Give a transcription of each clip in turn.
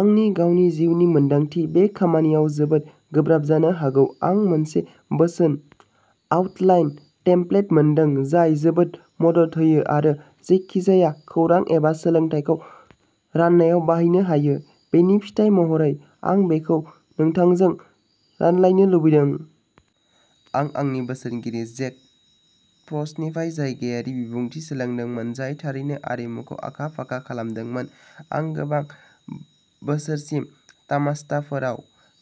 आंनि गावनि जिउनि मोन्दांथि। बे खामानिया जोबोद गोब्राब जानो हागौ। आं मोनसे बोसोन आउटलाइन टेमप्लेट मोनदों जाय जोबोद मदद होयो आरो जायखिजाया खौरां एबा सोलोंथायखौ राननायाव बाहायनो हायो। बेनि फिथाइ महरै, आं बेखौ नोंथांजों रानलायनो लुबैदों। आं आंनि बोसोनगिरि जेक फ्रस्टनिफ्राय रायजोआरि बिबुंथि सोलोंदोंमोन, जाय थारैनो आरिमुखौ आखा फाखा खालामदोंमोन। आं गोबां बोसोरसिम टस्टमास्टारफोराव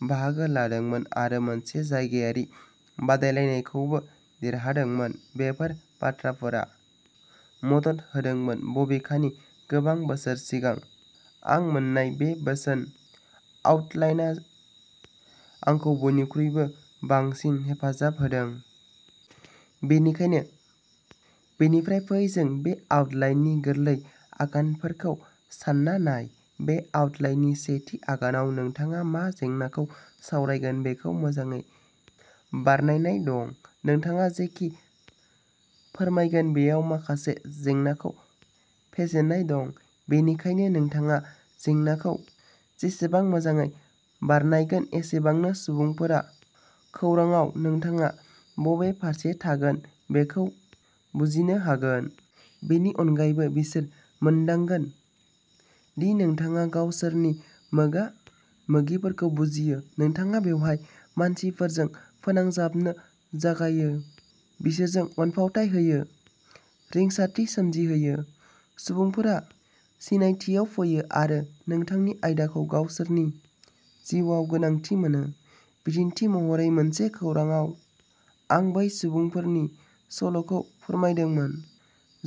बाहागो लादोंमोन आरो मोनसे जायगायारि बादायलायनायखौबो देरहादोंमोन। बेफोर बाथ्राफोरा मदद होदोंमोन बबेखानि गोबां बोसोर सिगां आं मोन्नाय बे बोसोन आउटलाइनआ आंखौ बयनिख्रुइबो बांसिन हेफाजाब होदों। बेनिखायनो बेनिफ्राय फै जों बे आउटलाइननि गोरलै आगानफोरखौ सानना नाय। बे आउटलाइननि सेथि आगानाव नोंथाङा मा जेंनाखौ सावरायगोन बेखौ मोजाङै बरनायनाय दं। नोंथाङा जेखि फोरमायगोन बेयाव माखासे जेंनाखौ फेजेननाय दं। बेनिखायनो, नोंथाङा जेंनाखौ जेसेबां मोजाङै बरनायगोन एसेबांनो सुबुंफोरा खौरांआव नोंथाङा बबे फारसे थांगोन बेखौ बुजिनो हागोन। बेनि अनगायैबो बिसोरो मोनदांगोन दि नोंथाङा गावसोरनि मोगा मोगिफोरखौ बुजियो। नोंथाङा बेवहाय मानसिफोरजों फोनांजाबनो जागायो बिसोरजों अनफावथाय होयो रिंसारथि सोमजिहोयो। सुबुंफोरा सिनायथियाव फैयो आरो नोंथांनि आयदाखौ गावसोरनि जिउआव गोनांथि मोनो। बिदिन्थि महरै मोनसे खौरांआव आं बै सुबुंफोरनि सल'खौ फोरमायदोंमोन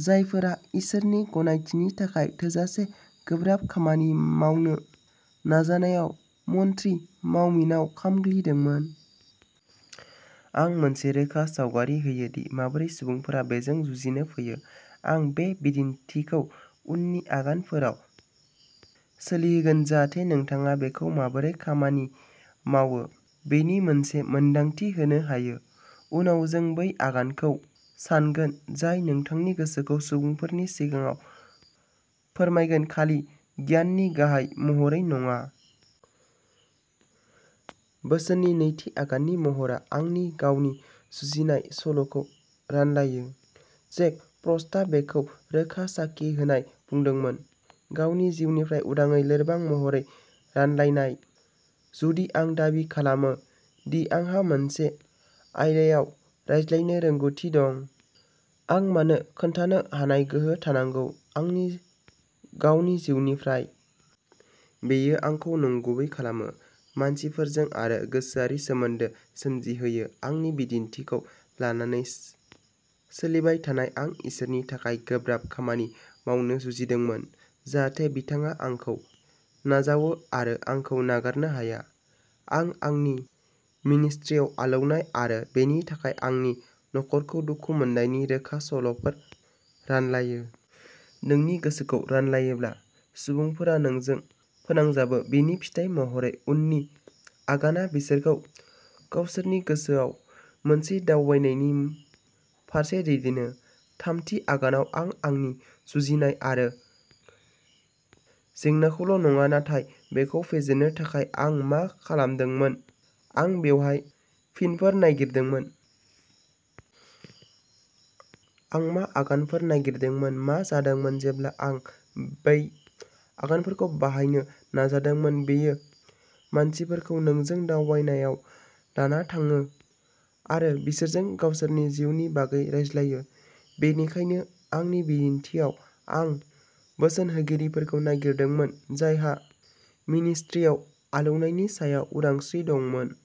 जायफोरा इसोरनि गनायथिनि थाखाय थोजासे गोब्राब खामानि मावनो नाजानायाव मन्थ्रि मावमिनाव खामग्लिदोंमोन। आं मोनसे रोखा सावगारि होयो दि माबोरै सुबुंफोरा बेजों जुजिनो फैयो। आं बे बिदिन्थिखौ उननि आगानफोराव सोलिहोगोन, जाहाथे नोंथाङा बेखौ माबोरै खामानि मावो बेनि मोनसे मोनदांथि होनो हायो। उनाव जों बै आगानखौ सानगोन जाय नोंथांनि गोसोखौ सुबुंफोरनि सिगाङाव फोरमायगोन खालि गियाननि गाहाय महरै नङा। बोसोननि नैथि आगाननि महरआ आंनि गावनि जुजिनाय सल'खौ रानलायो। जेक फ्रस्टआ बेखौ रोखा साखि होनाय बुंदोंमोन गावनि जिउनिफ्राय उदाङै लोरबां महरै रानलायनाय। जुदि आं दाबि खालामो दि आंहा मोनसे आयदायाव रायज्लायनो रोंग'थि दं आं मानो खोन्थानो हानाय गोहो थानांगौ आंनि गावनि जिउनिफ्राय। बेयो आंखौ नंगुबै खालामो। मानसिफोरजों आरो गोसोआरि सोमोन्दो सोमजिहोयो। आंनि बिदिन्थिखौ लानानै सोलिबाय थानाय आं इसोरनि थाखाय गोब्राब खामानि मावनोबो जुजिदोंमोन जाहाथे बिथाङा आंखौ नाजावो आरो आंखौ नागारनो हाया। आं आंनि मिनिस्ट्रियाव आलौनाय आरो बिनि थाखाय आंनि नखरखौ दुखु मोन्नायनि रोखा सल'फोर रानलायो। नोंनि गोसोखौ रानलायोब्ला सुबुंफोरा नोंजों फोनांजाबो। बिनि फिथाइ महरै उननि आगानआ बिसोरखौ गावसोरनि गोसोयाव मोनसे दावबायनायनि फारसे दैदेनो। थामथि आगानाव आं आंनि जुजिनाय आरो जेंनाखौल'नङा नाथाय बेखौ फेजेननो थाखाय आं मा खालामदोंमोन। आं बबेहाय फिनफोर नागिरदोंमोन? आं मा आगानफोर नागिरदोंमोन? मा जादोंमोन जेब्ला आं बै आगानफोरखौ बाहायनो नाजादोंमोन? बेयो मानसिफोरखौ नोंजों दावबायनायाव लाना थाङो आरो बिसोरजों गावसोरनि जिउनि बागै रायज्लायो। बेनिखायनो आंनि बिदिन्थिआव आं बोसोन होगिरिफोरखौ नागिरदोंमोन जायहा मिनिस्ट्रियाव आलौनायनि सायाव उदांस्रि दंमोन।